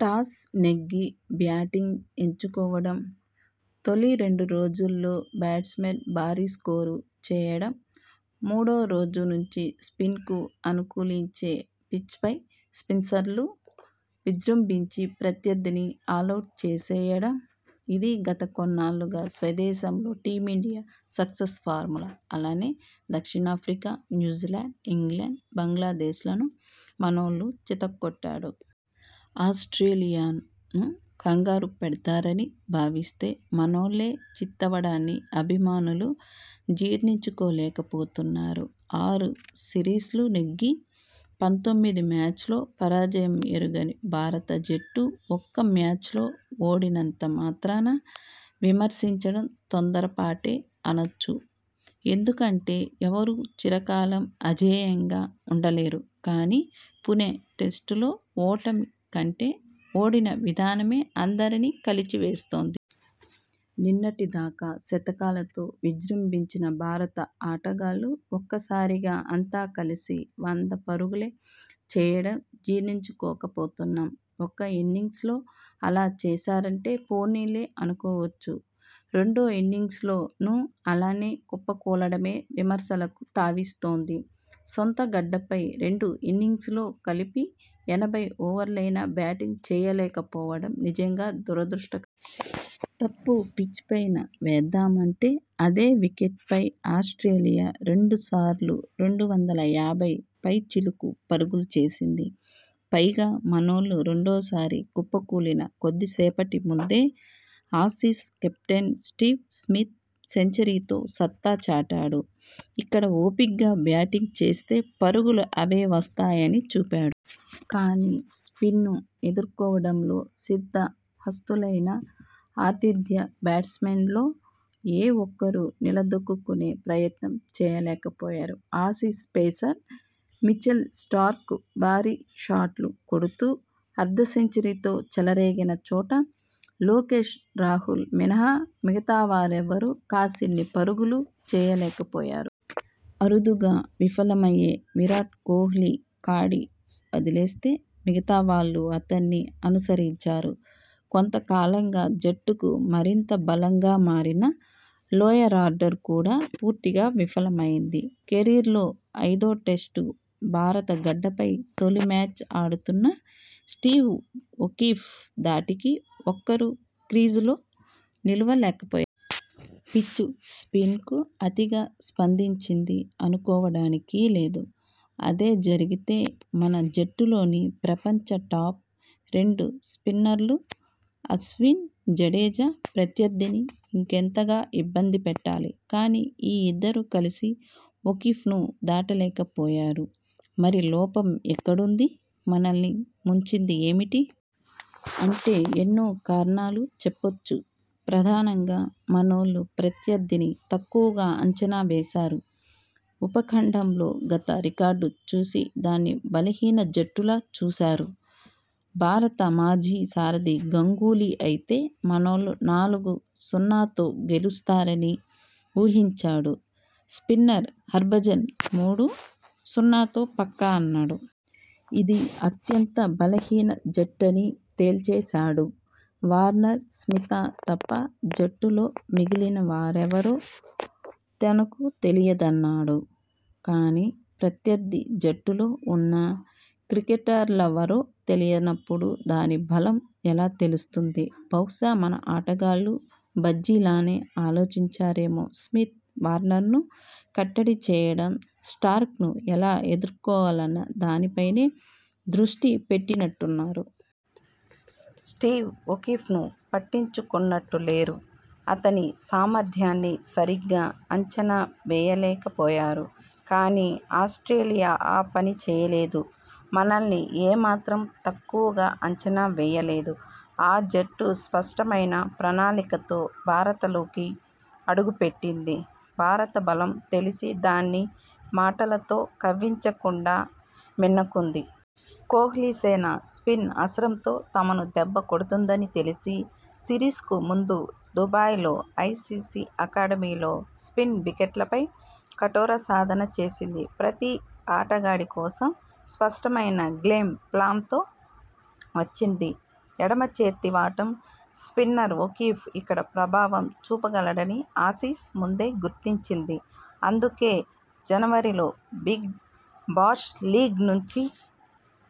Toss నెగ్గి batting ఎంచు కోవడం, తొలి రెండు రోజుల్లో బ్యాట్స్మెన్ భారీ స్కోరు చేయడంమూడో రోజు నుంచి స్పిన్కు అను కూలించే పిచ్పై స్పిన్నర్లు విజృంభించి ప్రత్యర్థిని ఆలౌట్ చేసేయడం.! ఇదీ గత కొన్నాళ్లుగా స్వదేశంలో టీమిండియా సక్సెస్ ఫార్ములా. అలానే, దక్షిణాఫ్రికా, న్యూజిలాండ్, ఇంగ్లండ్, బంగ్లాదేశ్లను మనోళ్లు చితక్కొట్టాడు! ఆస్ట్రేలియా ను కంగారు పెడతారని భావిస్తే మనోళ్లే చిత్తవడాన్ని అభిమానులు జీర్ణించుకోలేకపోతున్నారు.! ఆరు సిరీస్లు నెగ్గి, పంతొమ్మిది మ్యాచ్ల్లో పరాజయం ఎరుగని భారత జట్టు ఒక్క మ్యాచ్లో ఓడినంత మాత్రాన విమర్శించడం తొందర పాటే అనొచ్చు. ఎందు కంటే ఎవరూ చిరకాలం అజేయంగా ఉండలేరు. కానీ, పుణె టెస్టులో ఓటమి కంటే ఓడిన విధానమే అందరినీ కలచి వేస్తోంది.! నిన్నటి దాకా శతకాలతో విజృంభించిన భారత ఆటగాళ్లు ఒక్క సారిగా అంతా కలిసి వంద పరుగులే చేయడం జీర్ణించుకోకపోతున్నాం. ఒక్క ఇన్నింగ్స్లో అలా చేశారంటే పోనీలే అనుకోవచ్చు. రెండో ఇన్నింగ్స్లోనూ అలానే కుప్ప కూలడమే విమర్శలకు తావిస్తోంది. సొంత గడ్డపై రెండు ఇన్నింగ్స్ల్లో కలిపి ఎనభై ఓవర్లయినా బ్యాటింగ్ చేయలేక పోవడం నిజంగా దురదృష్ట తప్పు పిచ్పైన వేద్దామంటే అదే వికెట్పై ఆస్ట్రేలియా రెండు సార్లు రెండు వందల యాభై పైచిలుకు పరుగులు చేసింది. పైగా, మనోళ్లు రెండో సారి కుప్పకూలిన కొద్దిసేపటి ముందే ఆసీస్ కెప్టెన్ స్టీవ్ స్మిత్ సెంచరీతో సత్తా చాటాడు. ఇక్కడ ఓపిగ్గా బ్యాటింగ్ చేస్తే పరుగులు అవే వస్తాయని చూపాడ్. కానీ, స్పిన్ను ఎదుర్కోవడంలో సిద్ధ హస్తులైన ఆతిథ్య బ్యాట్స్మెన్లో ఏ ఒక్కరూ నిల దొక్కుకునే ప్రయత్నం చేయలేక పోయారు. ఆసీస్ పేసర్ మిచెల్ స్టార్క్ భారీ షాట్లు కొడుతూ అర్ధ సెంచరీతో చెలరేగిన చోట లోకేశ్ రాహుల్ మినహా మిగతావారెవరూ కాసిన్ని పరుగులు చేయలేక పోయారు. అరుదుగా విఫలమయ్యే విరాట్ కోహ్లీ కాడి వదిలేస్తే మిగతా వాళ్లూ అతణ్ణి అనుసరించారు. కొంత కాలంగా జట్టుకు మరింత బలంగా మారిన లోయరార్డర్ కూడా పూర్తిగా విఫలమైంది. కెరీర్లో ఐదో టెస్టు, భారత గడ్డపై తొలి మ్యాచ్ ఆడుతున్న స్టీవ్ ఒకీఫ్ ధాటికి ఒక్కరూ క్రీజులో నిలువ లేకపోయా. పిచ్ స్పిన్కు అతిగా స్పందించింది అనుకోవడానికీ లేదు. అదే జరిగితే మన జట్టులోని ప్రపంచ టాప్, రెండు స్పిన్నర్లు అశ్విన్, జడేజా ప్రత్యర్థిని ఇంకెంతగా ఇబ్బంది పెట్టాలి. కానీ, ఈ ఇద్దరూ కలిసి ఒకీఫ్ను దాటలేక పోయారు. మరి లోపం ఎక్కడుంది? మనల్ని ముంచింది ఏమిటి? అంటే ఎన్నో కారణాలు చెప్పొచ్చు. ప్రధానంగా, మనోళ్లు ప్రత్యర్థిని తక్కువగా అంచనా వేశారు. ఉప ఖండంలో గత రికార్డు చూసి దాన్ని బలహీన జట్టులా చూశారు. భారత మాజీ సారథి గంగూలీ అయితే మనోళ్లు నాలుగు, సున్నాతో గెలుస్తారని ఊహించాడు. స్పిన్నర్ హర్భజన్ మూడు, సున్నాతో పక్కా అన్నాడు. ఇది అత్యంత బలహీన జట్టని తేల్చేశాడు. వార్నర్, స్మిత తప్ప జట్టులో మిగిలిన వారెవరో తనకు తెలియదన్నాడు. కానీ, ప్రత్యర్థి జట్టులో ఉన్న క్రికెటర్లవరో తెలియనప్పుడు దాని బలం ఎలా తెలుస్తుంది? బహుశా మన ఆటగాళ్లూ భజ్జీలానే ఆలోచించారేమో! స్మిత్, వార్నర్ను కట్టడి చేయడం, స్టార్క్ను ఎలా ఎదుర్కోవాలన్న దానిపైనే దృష్టి పెట్టినట్టున్నారు. స్టీవ్ ఒకీఫ్ను పట్టించుకున్నట్టు లేరు. అతని సామర్థ్యాన్ని సరిగ్గా అంచనా వేయలేక పోయారు. కానీ, ఆస్ట్రేలియా ఆ పని చేయలేదు. మనల్ని ఏ మాత్రం తక్కువగా అంచనా వేయలేదు. ఆ జట్టు స్పష్టమైన ప్రణాళికతో భారతలోకి అడుగు పెట్టింది. భారత బలం తెలిసి దాన్ని మాటలతో కవ్వించకుండా మిన్నకుంది. కోహ్లీసేన స్పిన్ అస్త్రంతో తమను దెబ్బ కొడుతుందని తెలిసి సిరీస్కు ముందు దుబాయ్లో ఐసీసీ అకాడమీలో స్పిన్ వికెట్లపై కఠోర సాధన చేసింది. ప్రతీ ఆటగాడి కోసం స్పష్టమైన గ్లేమ్ ప్లామ్తో వచ్చింది. ఎడమ చేతి వాటం స్పిన్నర్ ఒకీఫ్ ఇక్కడ ప్రభావం చూపగలడని ఆసీస్ ముందే గుర్తించింది. అందుకే, జనవరిలో బిగ్ బాష్ లీగ్ నుంచి